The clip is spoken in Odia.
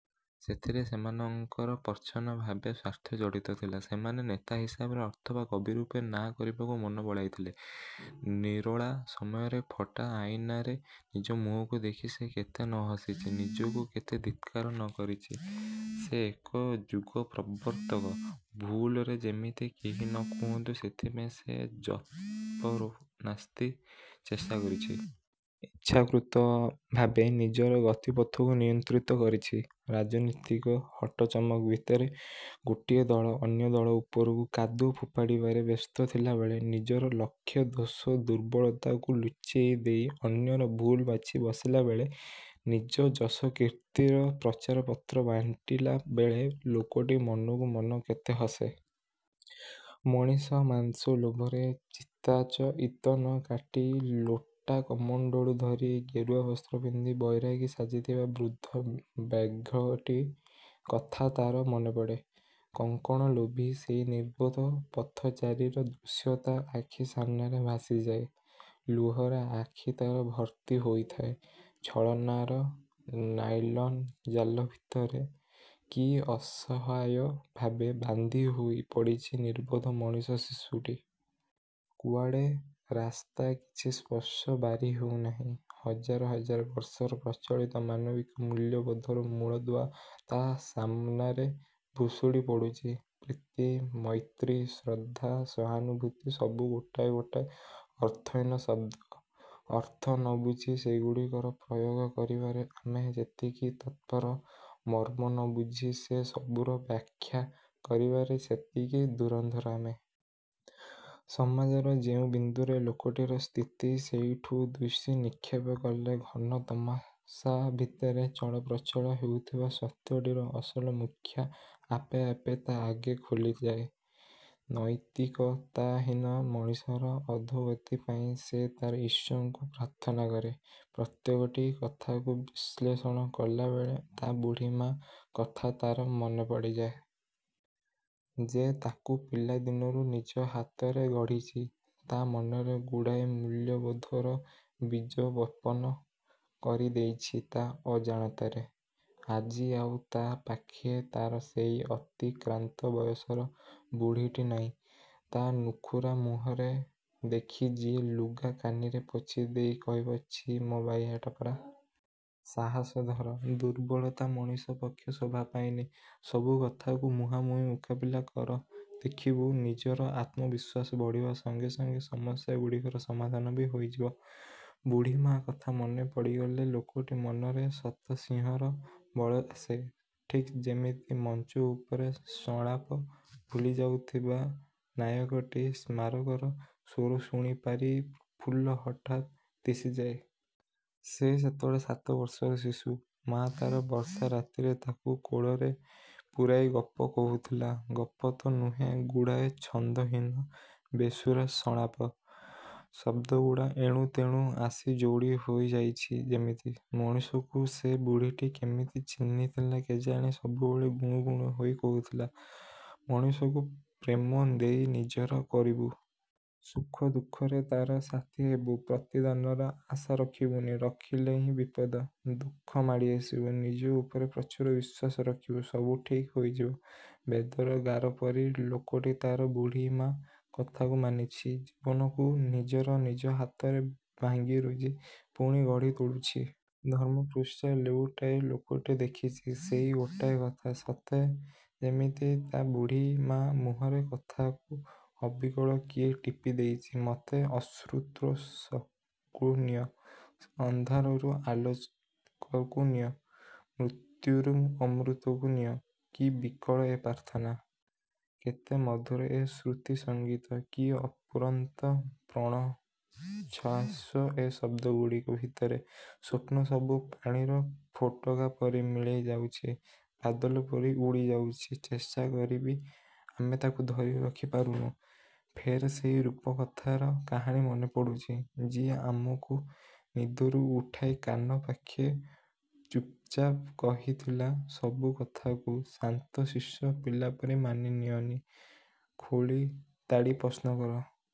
ସେଥିରେ ସେମାନଙ୍କର ପ୍ରଚ୍ଛନ୍ନଭାବେ ସ୍ୱାର୍ଥ ଜଡ଼ିତଥିଲା। ସେମାନେ ନେତା ହିସାବରେ ଅଥବା କବିରୂପେ ନାଁ କରିବାକୁ ମନ ବଳାଇଥିଲେ। ନିରୋଳା ସମୟରେ ଫଟା ଆଇନାରେ ନିଜ ମୁହଁକୁ ଦେଖି ସେ କେତେ ନହସିଛି। ନିଜକୁ କେତେ ଧିକ୍କାର ନକରିଛି। ସେ ଏକ ଯୁଗ-ପ୍ରବର୍ତ୍ତକ! ଭୁଲରେ ଯେମିତି କେହି ନକୁହନ୍ତୁ—ସେଥିପାଇଁ ସେ ଯତ୍ପରୋନାସ୍ତି ଚେଷ୍ଟା କରିଛି। ଇଚ୍ଛାକୃତ ଭାବେ ନିଜର ଗତିପଥକୁ ନିୟନ୍ତ୍ରିତ କରିଛି। ରାଜନୀତିକ ହଟ ଚମକ ଭିତରେ ଗୋଟିଏ ଦଳ ଅନ୍ୟ ଦଳ ଉପରକୁ କାଦୁଅ ଫୋପାଡ଼ିବାରେ ବ୍ୟସ୍ତ ଥିଲାବେଳେ, ନିଜର ଲକ୍ଷେ ଦୋଷ ଦୁର୍ବଳତାକୁ ଲୁଚେଇ ଦେଇ ଅନ୍ୟର ଭୁଲ ବାଛି ବସିଲାବେଳେ, ନିଜ ଯଶକୀର୍ତ୍ତିର ପ୍ରଚାରପତ୍ର ବାଣ୍ଟିଲା ବେଳେ ଲୋକଟି ମନକୁ ମନ କେତେ ହସେ। ମଣିଷ ମାଂସ ଲୋଭରେ ଚିତାଚଇତନ। କାଟି ଲୋଟା କମଣ୍ତଳୁ ଧରି ଗେରୁଆ ବସ୍ତ୍ର ପିନ୍ଧି, ବୈରାଗୀ ସାଜିଥିବା ବୃଦ୍ଧ ବ୍ୟାଘ୍ରଟି କଥା ତା'ର ମନେପଡ଼େ। କଙ୍କଣଲୋଭୀ ସେଇ ନିର୍ବୋଧ ପଥଚାରୀର ଦୃଶ୍ୟ ତା' ଆଖି ସାମନାରେ ଭାସିଯାଏ। ଲୁହରେ ଆଖି ତା'ର ଭର୍ତ୍ତି ହୋଇଥାଏ। ଛଳନାର ନାଇଲନ୍ ଜାଲ ଭିତରେ କି ଅସହାୟ ଭାବେ ବାନ୍ଧି ହୋଇ ପଡ଼ିଛି ନିର୍ବୋଧ ମଣିଷ ଶିଶୁଟି। କୁଆଡ଼େ ରାସ୍ତା କିଛି ସ୍ପଷ୍ଟ ବାରି ହେଉନାହିଁ। ହଜାର ହଜାର ବର୍ଷର ପ୍ରଚଳିତ ମାନବିକ ମୂଲ୍ୟବୋଧର ମୂଳଦୁଆ ତା' ସାମନାରେ ଭୁଷୁଡ଼ି ପଡ଼ୁଛି। ପ୍ରୀତି-ମୈତ୍ରୀ, ଶ୍ରଦ୍ଧା, ସହାନୁଭୂତି–ସବୁ ଗୋଟାଏ ଗୋଟାଏ ଅର୍ଥହୀନ ଶବ୍ଦ। ଅର୍ଥ ନବୁଝି ସେଗୁଡ଼ିକର ପ୍ରୟୋଗ କରିବାରେ ଆମେ ଯେତିକି ତତ୍ପର, ମର୍ମ ନବୁଝି ସେ ସବୁର ବ୍ୟାଖ୍ୟା କରିବାରେ ସେତିକି ଧୁରନ୍ଧର ଆମେ। ସମାଜର ଯେଉଁ ବିନ୍ଦୁରେ ଲୋକଟିର ସ୍ଥିତି, ସେଇଠୁ ଦୃଷ୍ଟି ନିକ୍ଷେପ କଲେ ଘନ-ତମସା ଭିତରେ ଚଳପ୍ରଚଳ ହେଉଥିବା 'ସତ୍ୟ'ଟିର ଅସଲ ମୁଖା ଆପେ ଆପେ ତା' ଆଗେ ଖୋଲିଯାଏ। ନୈତିକତାହୀନ ମଣିଷର ଅଧୋଗତି ପାଇ ସେ ତା' ଇଷ୍ଟଙ୍କୁ ପ୍ରାର୍ଥନା କରେ। ପ୍ରତ୍ୟେକଟି କଥାକୁ ବିଶ୍ଳେଷଣ କଲାବେଳେ ତା' ବୁଢ଼ୀମା କଥା ତା'ର ମନେ ପଡ଼ିଯାଏ। ଯେ ତାକୁ ପିଲା ଦିନରୁ ନିଜ ହାତରେ ଗଢ଼ିଛି। ତା' ମନରେ ଗୁଡ଼ାଏ 'ମୂଲ୍ୟବୋଧ'ର ବୀଜ ବପନ କରି ଦେଇଛି ତା' ଅଜାଣତରେ। ଆଜି ଆଉ ତା' ପାଖେ ତା'ର ସେଇ ଅତିକ୍ରାନ୍ତ ବୟସର ବୁଢ଼ୀଟି ନାଇଁ। ତା' ନୁଖୁରା ମୁହଁକୁ ଦେଖି ଯିଏ ଲୁଗା କାନିରେ ପୋଛିଦେଇ କହିବ, ''ଛି ମୋ ବାୟାଟା ପରା! ସାହସ ଧର। ଦୁର୍ବଳତା ମଣିଷ ପକ୍ଷେ ଶୋଭା ପାଏନି। ସବୁ କଥାକୁ ମୁହାଁମୁହିଁ ମୁକାବିଲା କର ଦେଖିବୁ, ନିଜର ଆତ୍ମବିଶ୍ୱାସ ବଢ଼ିବା ସଙ୍ଗେ ସଙ୍ଗେ ସମସ୍ୟାଗୁଡ଼ିକର ସମାଧାନ ବି ହୋଇଯିବ। '' ବୁଢ଼ୀମା କଥା ମନେ ପଡ଼ିଗଲେ ଲୋକଟି ମନରେ ଶତସିଂହର ବଳ ଆସେ। ଠିକ୍ ଯେମିତି ମଞ୍ଚ ଉପରେ ସଂଳାପ ଭୁଲିଯାଉଥିବା ନାୟକଟି ସ୍ମାରକର ସ୍ୱର ଶୁଣିପାରି ପ୍ରଫୁଲ୍ଲ ହଠାତ୍ ଦିଶିଯାଏ। ସେ ସେତେବେଳେ ସାତ ବର୍ଷର ଶିଶୁ, ମା ତା'ର ବର୍ଷା ରାତିରେ ତାକୁ କୋଳରେ ପୂରାଇ ଗପ କହୁଥିଲା। ଗପତ ନୁହେଁ ଗୁଡ଼ାଏ ଛନ୍ଦହୀନ ବେସୁରା ସଂଳାପ। ଶବ୍ଦଗୁଡ଼ା ଏଣୁତେଣୁ ଆସି ଯୋଡ଼ିହୋଇ ଯାଇଛି ଯେମିତି। ମଣିଷକୁ ସେ ବୁଢ଼ୀଟି କେମିତି ଚିହ୍ନିଥିଲା କେଜାଣି ସବୁବେଳେ ଗୁଣୁଗୁଣୁ ହୋଇ କହୁଥିଲା, ମଣିଷକୁ ପ୍ରେମ ଦେଇ ନିଜର କରିବୁ। ସୁଖ ଦୁଃଖରେ ତା' ସାଥୀ ହେବୁ ପ୍ରତିଦାନର ଆଶା ରଖିବୁନି। ରଖିଲେହିଁ ବିପଦ। ଦୁଃଖ ମାଡ଼ି ଆସିବ। ନିଜ ଉପରେ ପ୍ରଚୁର ବିଶ୍ୱାସ ରଖିବୁ। ସବୁ ଠିକ୍ ହୋଇଯିବ। ବେଦର ଗାରପରି ଲୋକଟି ତା' ବୁଢ଼ୀମା କଥାକୁ ମାନିଛି। ଜୀବନକୁ ନିଜର ନିଜ ହାତରେ ଭାଙ୍ଗିରୁଜି ପୁଣି ଗଢ଼ି ତୋଳୁଛି। ଧର୍ମଶାସ୍ତ୍ରର ପୃଷ୍ଠା ଲେଉଟାଇ ଲୋକଟି ଦେଖିଛି। ସେଇ ଗୋଟାଏ କଥା। ସତେ ଯେମିତି ତା' ବୁଢ଼ୀମା ମୁହଁର କଥାକୁ ଅବିକଳ କିଏ ଟିପି ଦେଇଛି। ''ମତେ ଅସତ୍ରୁ ସତ୍କୁ ନିଅ। ଅନ୍ଧାରରୁ ଆଲୋକକୁ ନିଅ। ମୃତ୍ୟୁରୁ ଅମୃତକୁ ନିଅ। '' କି ବିକଳ ଏ ପ୍ରାର୍ଥନା! କେତେ ମଧୁର ଏ ଶ୍ରୁତିସଙ୍ଗୀତ! କି ଅପୂରନ୍ତ ପ୍ରାଣୋଚ୍ଛ୍ୱାସ ଏ ଶବ୍ଦଗୁଡ଼ିକ ଭିତରେ। ସ୍ୱପ୍ନସବୁ ପାଣିର ଫୋଟକାପରି ମିଳେଇ ଯାଉଛି। ବାଦଲପରି ଉଡ଼ି ଯାଉଛି। ଚେଷ୍ଟା କରିବି ଆମେ ତାକୁ ଧରିରଖି ପାରୁନୁ। ଫେର୍ ସେଇ ରୂପକଥାର କାହାଣୀ ମନେ ପଡ଼ୁଛି। ଯିଏ ଆମକୁ ନିଦରୁ ଉଠାଇ କାନ ପାଖେ ଚୁପ୍ଚାପ୍ କହିଥିଲା, ''ସବୁ କଥାକୁ ଶାନ୍ତଶିଷ୍ଟ ପିଲାପରି ମାନି ନିଅନି। ଖୋଳି ତାଡ଼ି ପ୍ରଶ୍ନକର।